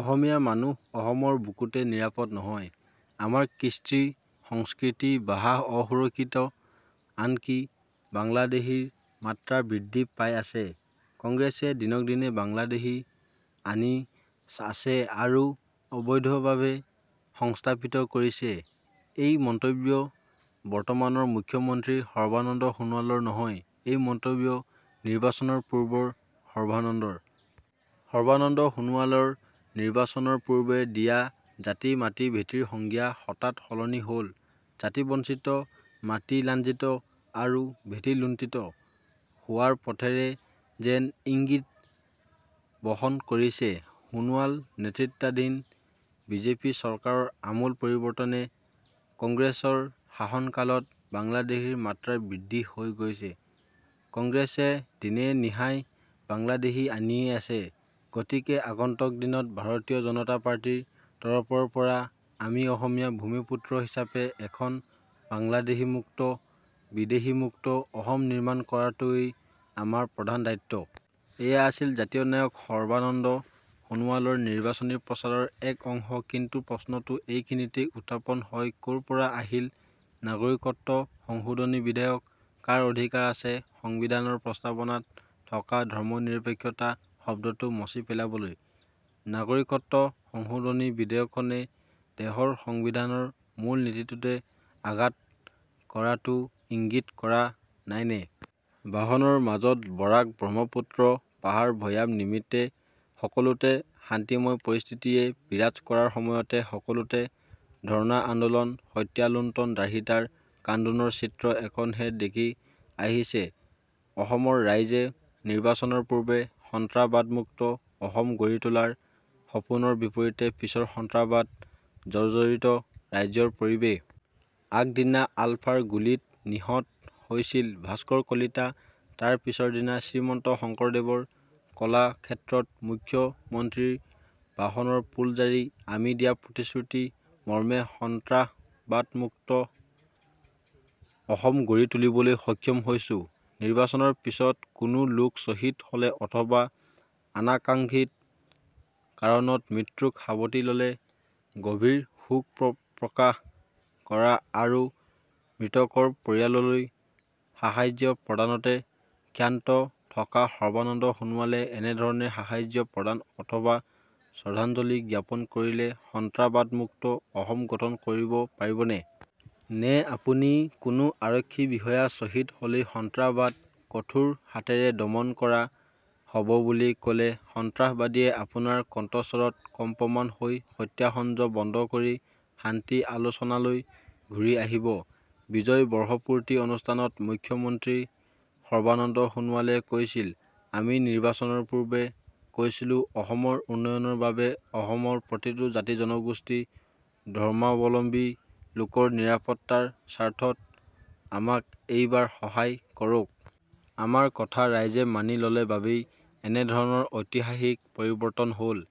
অসমীয়া মানুহ অসমৰ বুকুতে নিৰাপদ নহয়। আমাৰ কৃষ্টি-সংস্কৃতি-ভাষা অসুৰক্ষিত। আনকি বাংলাদেশীৰ মাত্ৰা বৃদ্ধি পাই আছে, কংগ্ৰেছে দিনক দিনে বাংলাদেশী আনি আছে আৰু অবৈধভাৱে সংস্থাপিত কৰিছে। এই মন্তব্য বৰ্তমানৰ মুখ্য মন্ত্ৰী সৰ্বানন্দ সোণোৱালৰ নহয়, এই মন্তব্য নিৰ্বাচনৰ পূৰ্বৰ সৰ্বানন্দৰ। সৰ্বানন্দ সোণোৱালৰ নিৰ্বাচনৰ পূৰ্বে দিয়া জাতি-মাটি-ভেটিৰ সংজ্ঞা হঠাৎ সলনি হ'ল। জাতি বঞ্চিত, মাটি লাঞ্ছিত আৰু ভেটি লুণ্ঠিত হোৱাৰ পথৰে যেন ইংগিত বহন কৰিছে সোণোৱাল নেতৃত্বাধীন বিজেপি চৰকাৰৰ আমূল পৰিৱৰ্তনে। কংগ্ৰেছৰ শাসন কালত বাংলাদেশীৰ মাত্ৰা বৃদ্ধি হৈ গৈছে, কংগ্ৰেছে দিনে-নিশাই বাংলাদেশী আনিয়েই আছে, গতিকে আগন্তুক দিনত ভাৰতীয় জনতা পাৰ্টীৰ তৰফৰ পৰা আমি অসমীয়া ভূমিপুত্ৰ হিচাপে এখন বাংলাদেশীমুক্ত, বিদেশী মুক্ত অসম নিৰ্মাণ কৰাটোৱেই আমাৰ প্ৰধান দায়িত্ব। এয়া আছিল জাতীয় নায়ক সৰ্বানন্দ সোণোৱালৰ নিৰ্বাচনী প্ৰচাৰৰ এক অংশ। কিন্তু প্ৰশ্নটো এইখিনিতেই উত্থাপন হয়, ক'ৰ পৰা আহিল নাগৰিকত্ব সংশোধনী বিধেয়ক? কাৰ অধিকাৰ আছে সংবিধানৰ প্ৰস্তাৱনাত থকা ধৰ্ম নিৰপেক্ষতা শব্দটো মচি পেলাবলৈ? নাগৰিকত্ব সংশোধনী বিধেয়কখনে দেশৰ সংবিধানৰ মূল নীতিটোতে আঘাত কৰাটো ইংগিত কৰা নাইনে? ভাষণৰ মাজত বৰাক-ব্ৰহ্মপুত্ৰ, পাহাৰ-ভৈয়াম নিমিত্তে সকলোতে শান্তিময় পৰিস্থিতিয়ে বিৰাজ কৰাৰ সময়তে সকলোতে ধৰ্ণা-আন্দোলন, হত্যা-লুণ্ঠন, ধৰ্ষিতাৰ কান্দোনৰ চিত্ৰ এখনহে দেখি আহিছে অসমৰ ৰাইজে। নিৰ্বাচনৰ পূৰ্বে সন্ত্ৰাসবাদমুক্ত অসম গঢ়ি তোলাৰ সপোনৰ বিপৰীতে পিছৰ সন্ত্ৰাসবাদ জৰ্জৰিত ৰাজ্যৰ পৰিৱেশ। আগদিনা আলফাৰ গুলীত নিহত হৈছিল ভাস্কৰ কলিতা, তাৰ পিছৰদিনা শ্ৰীমন্ত শংকৰদেৱ কলাক্ষেত্ৰত মুখ্য মন্ত্ৰীৰ ভাষণৰ ফুলজাৰি, 'আমি দিয়া প্ৰতিশ্ৰুতি মৰ্মে সন্ত্ৰাসবাদমুক্ত অসম গঢ়ি তুলিবলৈ সক্ষম হৈছোঁ'। নিৰ্বাচনৰ পিছত কোনো লোক চহিদ হ'লে অথবা অনাকাংক্ষিত কাৰণত মৃত্যুক সাৱটি ল'লে গভীৰ শোক প্ৰকাশ কৰা আৰু মৃতকৰ পৰিয়াললৈ সাহায্য প্ৰদানতে ক্ষান্ত থকা সৰ্বানন্দ সোণোৱালে এনেধৰণে সাহায্য প্ৰদান অথবা শ্ৰদ্ধাঞ্জলি জ্ঞাপন কৰিলে সন্ত্ৰাসবাদমুক্ত অসম গঠন কৰিব পাৰিবনে? নে আপুনি কোনো আৰক্ষী বিষয়া চহিদ হ'লেই সন্ত্ৰাসবাদ কঠোৰ হাতেৰে দমন কৰা হ'ব বুলি ক'লে সন্ত্ৰাসবাদীয়ে আপোনাৰ কণ্ঠস্বৰত কম্পমান হৈ হত্যাযজ্ঞ বন্ধ কৰি শান্তি আলোচনালৈ ঘূৰি আহিব? বিজয় বৰ্ষপূৰ্তি অনুষ্ঠানত মুখ্য মন্ত্ৰী সৰ্বানন্দ সোণোৱালে কৈছিল, 'আমি নিৰ্বাচনৰ পূৰ্বে কৈছিলোঁ অসমৰ উন্নয়নৰ বাবে, অসমৰ প্ৰতিটো জাতি-জনগোষ্ঠী, ধৰ্মাৱলম্বী লোকৰ নিৰাপত্তাৰ স্বাৰ্থত আমাক এইবাৰ সহায় কৰক। আমাৰ কথা ৰাইজে মানি ল'লে বাবেই এনেধৰণৰ ঐতিহাসিক পৰিৱৰ্তন হ'ল।'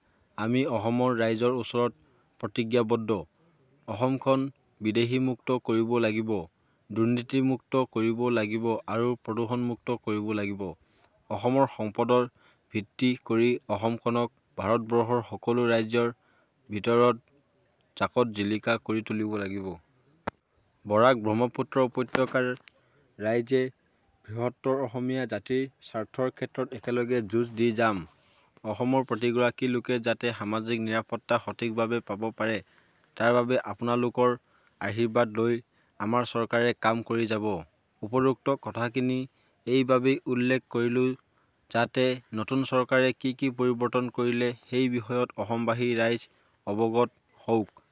আমি অসমৰ ৰাইজৰ ওচৰত প্ৰতিজ্ঞাবদ্ধ, অসমখন বিদেশীমুক্ত কৰিব লাগিব, দুৰ্নীতিমুক্ত কৰিব লাগিব আৰু প্ৰদূষণ মুক্ত কৰিব লাগিব। অসমৰ সম্পদৰ ভিত্তি কৰি অসমখনক ভাৰতবৰ্ষৰ সকলো ৰাজ্যৰ ভিতৰত জাকতজিলিকা কৰি তুলিব লাগিব। বৰাক-ব্ৰহ্মপুত্ৰ উপত্যকাৰ ৰাইজে বৃহত্তৰ অসমীয়া জাতিৰ স্বাৰ্থৰ ক্ষেত্ৰত একেলগে যুঁজ দি যাম। অসমৰ প্ৰতিগৰাকী লোকে যাতে সামাজিক নিৰাপত্তা সঠিকভাৱে পাব পাৰে তাৰ বাবে আপোনালোকৰ আশীৰ্বাদ লৈ আমাৰ চৰকাৰে কাম কৰি যাব। উপৰোক্ত কথাখিনি এইবাবেই উল্লেখ কৰিলোঁ যাতে নতুন চৰকাৰে কি কি পৰিৱৰ্তন কৰিলে সেই বিষয়ত অসমবাসী ৰাইজ অৱগত হওক।